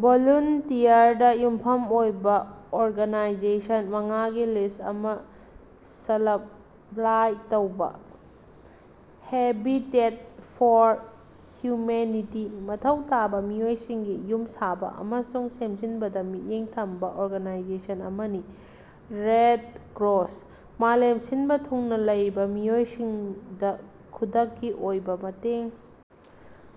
ꯚꯣꯂꯨꯟꯇꯤꯌꯔꯗ ꯌꯨꯝꯐꯝ ꯑꯣꯏꯕ ꯑꯣꯔꯒꯥꯅꯥꯏꯖꯦꯁꯟ ꯃꯉꯥꯒꯤ ꯂꯤꯁ꯭ꯠ ꯑꯃꯥ ꯁꯄꯂꯥꯏ ꯇꯧꯕꯥ꯫ ꯍꯦꯕꯤꯇꯦꯠ ꯐꯣꯔ ꯍ꯭ꯌꯨꯃꯦꯅꯤꯇꯤ: ꯃꯊꯧ ꯇꯥꯕꯥ ꯃꯤꯑꯣꯏꯁꯤꯡꯒꯤ ꯌꯨꯝ ꯁꯥꯕ ꯑꯃꯁꯨꯡ ꯁꯦꯝꯖꯤꯟꯕꯗꯥ ꯃꯤꯠꯌꯦꯡ ꯊꯝꯕ ꯑꯣꯔꯒꯅꯥꯏꯖꯦꯁꯟ ꯑꯃꯅꯤ꯫ ꯔꯦꯗ ꯀ꯭ꯔꯣꯁ: ꯃꯥꯂꯦꯝ ꯁꯤꯟꯕ ꯊꯨꯡꯅ ꯂꯩꯔꯤꯕꯥ ꯃꯤꯑꯣꯏꯁꯤꯡꯗ ꯈꯨꯗꯛꯀꯤ ꯑꯣꯏꯕ ꯃꯇꯦꯡ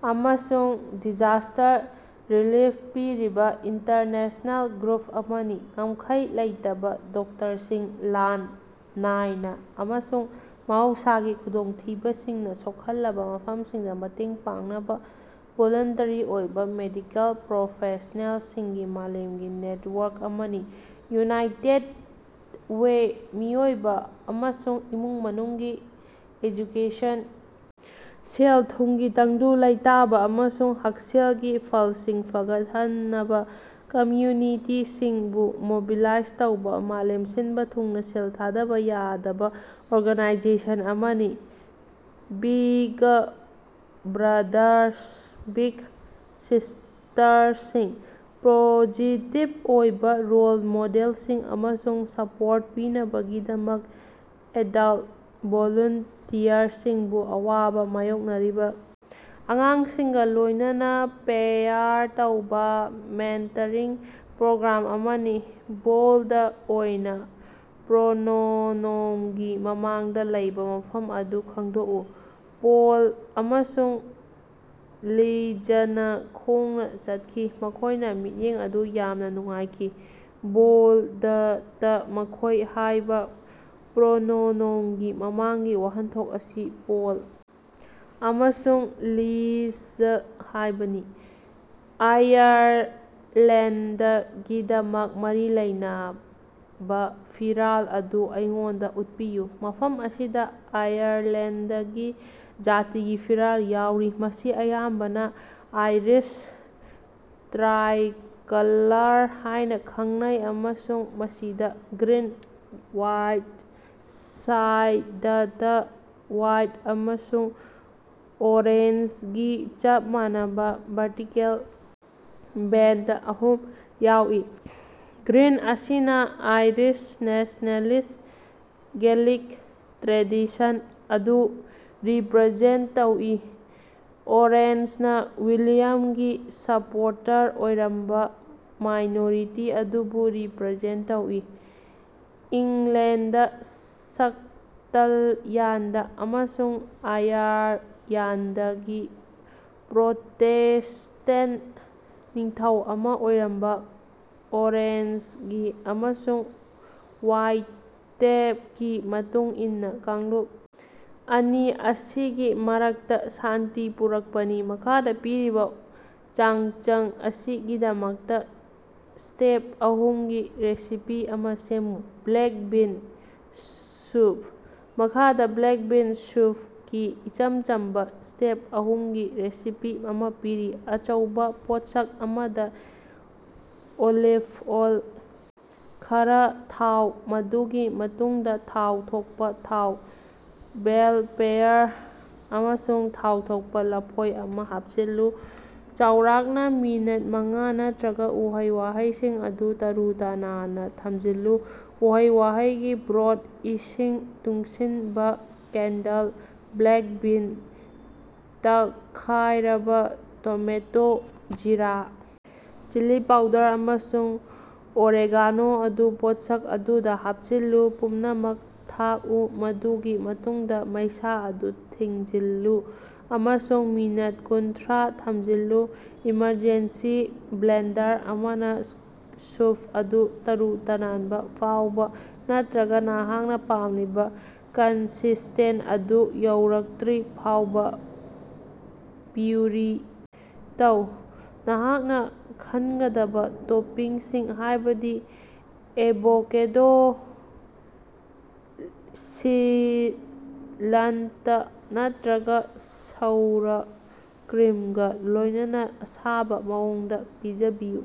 ꯑꯃꯁꯨꯡ ꯗꯤꯖꯥꯁ꯭ꯇꯔ ꯔꯤꯂꯤꯐ ꯄꯤꯔꯤꯕ ꯏꯟꯇꯔꯅꯦꯁ꯭ꯅꯦꯜ ꯒ꯭ꯔꯨꯞ ꯑꯃꯅꯤ꯫ ꯉꯝꯈꯩ ꯂꯩꯇꯕꯥ ꯗꯣꯛꯇꯔꯁꯤꯡ: ꯂꯥꯟ, ꯂꯥꯏꯅꯥ, ꯑꯃꯁꯨꯡ ꯃꯍꯧꯁꯥꯒꯤ ꯈꯨꯗꯣꯡꯊꯤꯕꯁꯤꯡꯅ ꯁꯣꯛꯍꯜꯂꯕꯥ ꯃꯐꯝꯁꯤꯡꯗ ꯃꯇꯦꯡ ꯄꯥꯡꯅꯕ ꯚꯣꯂꯨꯟꯇꯔꯤ ꯑꯣꯏꯕ ꯃꯦꯗꯤꯀꯦꯜ ꯄ꯭ꯔꯣꯐꯦꯁ꯭ꯅꯦꯜꯁꯤꯡꯒꯤ ꯃꯥꯂꯦꯝꯒꯤ ꯅꯦꯇꯋꯥꯔꯛ ꯑꯃꯅꯤ꯫ ꯌꯨꯅꯥꯏꯇꯦꯗ ꯋꯦ: ꯃꯤꯑꯣꯏꯕꯥ ꯑꯃꯁꯨꯡ ꯏꯃꯨꯡ ꯃꯅꯨꯡꯒꯤ ꯑꯦꯖꯨꯀꯦꯁꯟ, ꯁꯦꯜ-ꯊꯨꯝꯒꯤ ꯇꯪꯗꯨ ꯂꯩꯇꯥꯕ, ꯑꯃꯁꯨꯡ ꯍꯛꯁꯦꯜꯒꯤ ꯐꯜꯁꯤꯡ ꯐꯒꯠꯍꯟꯅꯕꯥ ꯀꯝꯌꯨꯅꯤꯇꯤꯁꯤꯡꯕꯨ ꯃꯣꯕꯤꯂꯥꯏꯖ ꯇꯧꯕꯥ ꯃꯥꯂꯦꯝ ꯁꯤꯟꯕ ꯊꯨꯡꯅ ꯁꯦꯜ ꯊꯥꯗꯕ ꯌꯥꯗꯕꯥ ꯑꯣꯔꯒꯅꯥꯏꯖꯦꯁꯟ ꯑꯃꯅꯤ꯫ ꯕꯤꯒ ꯕ꯭ꯔꯥꯗꯥꯔꯁ ꯕꯤꯒ ꯁꯤꯁ꯭ꯇꯔꯁꯤꯡ: ꯄꯣꯖꯤꯇꯤꯚ ꯑꯣꯏꯕ ꯔꯣꯜ ꯃꯣꯗꯦꯜꯁꯤꯡ ꯑꯃꯁꯨꯡ ꯁꯄꯣꯔꯠ ꯄꯤꯅꯕꯒꯤꯗꯃꯛ ꯑꯦꯗꯜꯠ ꯚꯣꯂꯨꯟꯇꯤꯌꯔꯁꯤꯡꯕꯨ ꯑꯋꯥꯕꯥ ꯃꯥꯌꯣꯛꯅꯔꯤꯕꯥ ꯑꯉꯥꯡꯁꯤꯡꯒ ꯂꯣꯏꯅꯅꯥ ꯄꯦꯌꯥꯔ ꯇꯧꯕ ꯃꯦꯟꯇꯔꯤꯡ ꯄ꯭ꯔꯣꯒ꯭ꯔꯥꯝ ꯑꯃꯅꯤ꯫ ꯕꯣꯜꯗ ꯑꯣꯏꯅꯥ ꯄ꯭ꯔꯣꯅꯣꯅꯣꯝꯒꯤ ꯃꯃꯥꯡꯗꯥ ꯂꯩꯕꯥ ꯃꯐꯝ ꯑꯗꯨ ꯈꯪꯗꯣꯛꯎ꯫ ꯄꯣꯜ ꯑꯃꯁꯨꯡ ꯂꯤꯖꯅꯥ ꯈꯣꯡꯅꯥ ꯆꯠꯈꯤ꯫ ꯃꯈꯣꯏꯅ ꯃꯤꯠꯌꯦꯡ ꯑꯗꯨ ꯌꯥꯝꯅꯥ ꯅꯨꯡꯉꯥꯏꯈꯤ꯫ ꯕꯣꯜꯗꯇꯥ ꯃꯈꯣꯏ ꯍꯥꯏꯕ ꯄ꯭ꯔꯣꯅꯣꯅꯣꯝꯒꯤ ꯃꯃꯥꯡꯒꯤ ꯋꯥꯍꯟꯊꯣꯛ ꯑꯁꯤ ꯄꯣꯜ ꯑꯃꯁꯨꯡ ꯂꯤꯖ ꯍꯥꯏꯕꯅꯤ꯫ ꯑꯥꯌꯔꯂꯦꯟꯗꯒꯤꯗꯃꯛ ꯃꯔꯤ ꯂꯩꯅꯕ ꯐꯤꯔꯥꯜ ꯑꯗꯨ ꯑꯩꯉꯣꯟꯗꯥ ꯎꯠꯄꯤꯌꯨ꯫ ꯃꯐꯝ ꯑꯁꯤꯗꯥ ꯑꯥꯌꯔꯂꯦꯟꯗꯒꯤ ꯖꯥꯇꯤꯒꯤ ꯐꯤꯔꯥꯜ ꯌꯥꯎꯔꯤ꯫ ꯃꯁꯤ ꯑꯌꯥꯝꯕꯅ ꯑꯥꯏꯔꯤꯁ ꯇ꯭ꯔꯥꯏꯀꯂꯔ ꯍꯥꯏꯅꯥ ꯈꯪꯅꯩ ꯑꯃꯁꯨꯡ ꯃꯁꯤꯗꯥ ꯒ꯭ꯔꯤꯟ ꯋꯥꯏꯁ꯭ꯠ ꯁꯥꯏꯗꯇꯥ ꯋꯥꯏꯠ ꯑꯃꯁꯨꯡ ꯑꯣꯔꯦꯟꯖꯒꯤ ꯆꯞ ꯃꯥꯟꯅꯕ ꯚꯔꯇꯤꯀꯦꯜ ꯕꯦꯟꯗ ꯑꯍꯨꯝ ꯌꯥꯎꯏ꯫ꯒ꯭ꯔꯤꯟ ꯑꯁꯤꯅ ꯑꯥꯏꯔꯤꯁ ꯅꯦꯁ꯭ꯅꯦꯂꯤꯁ꯭ꯠ ꯒꯦꯂꯤꯛ ꯇ꯭ꯔꯦꯗꯤꯁꯟ ꯑꯗꯨ ꯔꯤꯄꯔꯖꯦꯟꯠ ꯇꯧꯏ, ꯑꯣꯔꯦꯟꯖꯅꯥ ꯋꯤꯂꯤꯌꯝꯒꯤ ꯁꯄꯣꯔꯇꯔ ꯑꯣꯏꯔꯝꯕ ꯃꯥꯏꯅꯣꯔꯤꯇꯤ ꯑꯗꯨꯕꯨ ꯔꯤꯄꯔꯖꯦꯟꯠ ꯇꯧꯏ꯫ ꯏꯪꯂꯦꯟꯗ, ꯁꯛꯇꯜꯌꯥꯟꯗ ꯑꯃꯁꯨꯡ ꯑꯥꯌꯥꯔꯜꯌꯥꯟꯗꯒꯤ ꯄ꯭ꯔꯣꯇꯦꯁ꯭ꯇꯦꯟ ꯅꯤꯡꯊꯧ ꯑꯃꯥ ꯑꯣꯏꯔꯝꯕ ꯑꯣꯔꯦꯟꯖꯒꯤ ꯑꯃꯁꯨꯡ ꯋꯥꯏꯇꯦꯞꯀꯤ ꯃꯇꯨꯡ ꯏꯟꯅ ꯀꯥꯡꯂꯨꯞ ꯑꯅꯤ ꯑꯁꯤꯒꯤ ꯃꯔꯛꯇꯥ ꯁꯥꯟꯇꯤ ꯄꯨꯔꯛꯄꯅꯤ꯫ ꯃꯈꯥꯗꯥ ꯄꯤꯔꯤꯕꯥ ꯆꯥꯛꯁꯪ ꯑꯁꯤꯒꯤꯗꯃꯛꯇ ꯁ꯭ꯇꯦꯞ ꯑꯍꯨꯝꯒꯤ ꯔꯦꯁꯤꯄꯤ ꯑꯃꯥ ꯁꯦꯝꯃꯨ꯫ Black bean soup. ꯃꯈꯥꯗꯥ ꯕ꯭ꯂꯦꯛ ꯕꯤꯟ ꯁ꯭ꯌꯨꯞꯀꯤ ꯏꯆꯝ ꯆꯝꯕꯥ ꯁ꯭ꯇꯦꯞ ꯑꯍꯨꯝꯒꯤ ꯔꯦꯁꯤꯄꯤ ꯑꯃꯥ ꯄꯤꯔꯤ: ꯑꯆꯧꯕꯥ ꯄꯣꯠꯁꯛ ꯑꯃꯗꯥ, ꯑꯣꯂꯤꯚ ꯑꯣꯏꯜ ꯈꯔꯥ ꯊꯥꯎ, ꯃꯗꯨꯒꯤ ꯃꯇꯨꯡꯗ ꯊꯥꯎ ꯊꯣꯛꯄꯥ ꯊꯥꯎ, ꯕꯦꯜ ꯄꯦꯄꯔ, ꯑꯃꯁꯨꯡ ꯊꯥꯎ ꯊꯣꯛꯄ ꯂꯐꯣꯏ ꯑꯃꯥ ꯍꯥꯞꯆꯤꯜꯂꯨ꯫ ꯆꯥꯎꯔꯥꯛꯅ ꯃꯤꯅꯠ ꯃꯉꯥ, ꯅꯠꯇꯔꯒ ꯎꯍꯩ-ꯋꯥꯍꯩꯁꯤꯡ ꯑꯗꯨ ꯇꯔꯨ-ꯇꯅꯥꯟꯅ ꯊꯝꯖꯤꯜꯂꯨ꯫ ꯎꯍꯩ-ꯋꯥꯍꯩꯒꯤ ꯕ꯭ꯔꯣꯊ, ꯏꯁꯤꯡ ꯇꯨꯡꯁꯤꯟꯕꯥ ꯀꯦꯟꯗꯜ ꯕ꯭ꯂꯦꯛ ꯕꯤꯟ, ꯇꯛꯈꯥꯏꯔꯕꯥ ꯇꯣꯃꯦꯇꯣ, ꯖꯤꯔꯥ, ꯆꯤꯂꯤ ꯄꯥꯎꯗꯔ, ꯑꯃꯁꯨꯡ ꯑꯣꯔꯦꯒꯥꯅꯣ ꯑꯗꯨ ꯄꯣꯠꯁꯛ ꯑꯗꯨꯗ ꯍꯥꯞꯆꯤꯜꯂꯨ꯫ ꯄꯨꯝꯅꯃꯛ ꯊꯥꯛꯎ, ꯃꯗꯨꯒꯤ ꯃꯇꯨꯡꯗꯥ ꯃꯩꯁꯥ ꯑꯗꯨ ꯊꯤꯡꯖꯤꯜꯂꯨ ꯑꯃꯁꯨꯡ ꯃꯤꯅꯠ ꯀꯨꯟꯊꯔꯥ ꯊꯝꯖꯤꯜꯂꯨ꯫ ꯏꯃꯔꯖꯦꯟꯁꯤ ꯕ꯭ꯂꯦꯟꯗꯔ ꯑꯃꯅꯥ, ꯁ꯭ꯌꯨꯞ ꯑꯗꯨ ꯇꯔꯨ-ꯇꯅꯥꯟꯕꯥ ꯐꯥꯎꯕ, ꯅꯠꯇꯔꯒ ꯅꯍꯥꯛꯅ ꯄꯥꯝꯂꯤꯕ ꯀꯟꯁꯤꯁ꯭ꯇꯦꯟꯁ ꯑꯗꯨ ꯌꯧꯔꯛꯇꯔꯤꯐꯥꯎꯕ ꯄ꯭ꯌꯨꯔꯤ ꯇꯧ꯫ ꯅꯍꯥꯛꯅ ꯈꯟꯒꯗꯕꯥ ꯇꯣꯄꯤꯡꯁꯤꯡ ꯍꯥꯏꯕꯗꯤ ꯑꯦꯚꯣꯀꯦꯗꯣ, ꯁꯤꯂꯟꯇ, ꯅꯠꯇꯔꯒꯥ ꯁꯧꯔ ꯀ꯭ꯔꯤꯝꯒꯥ ꯂꯣꯏꯅꯅꯥ ꯑꯁꯥꯕ ꯃꯑꯣꯡꯗꯥ ꯄꯤꯖꯕꯤꯌꯨ꯫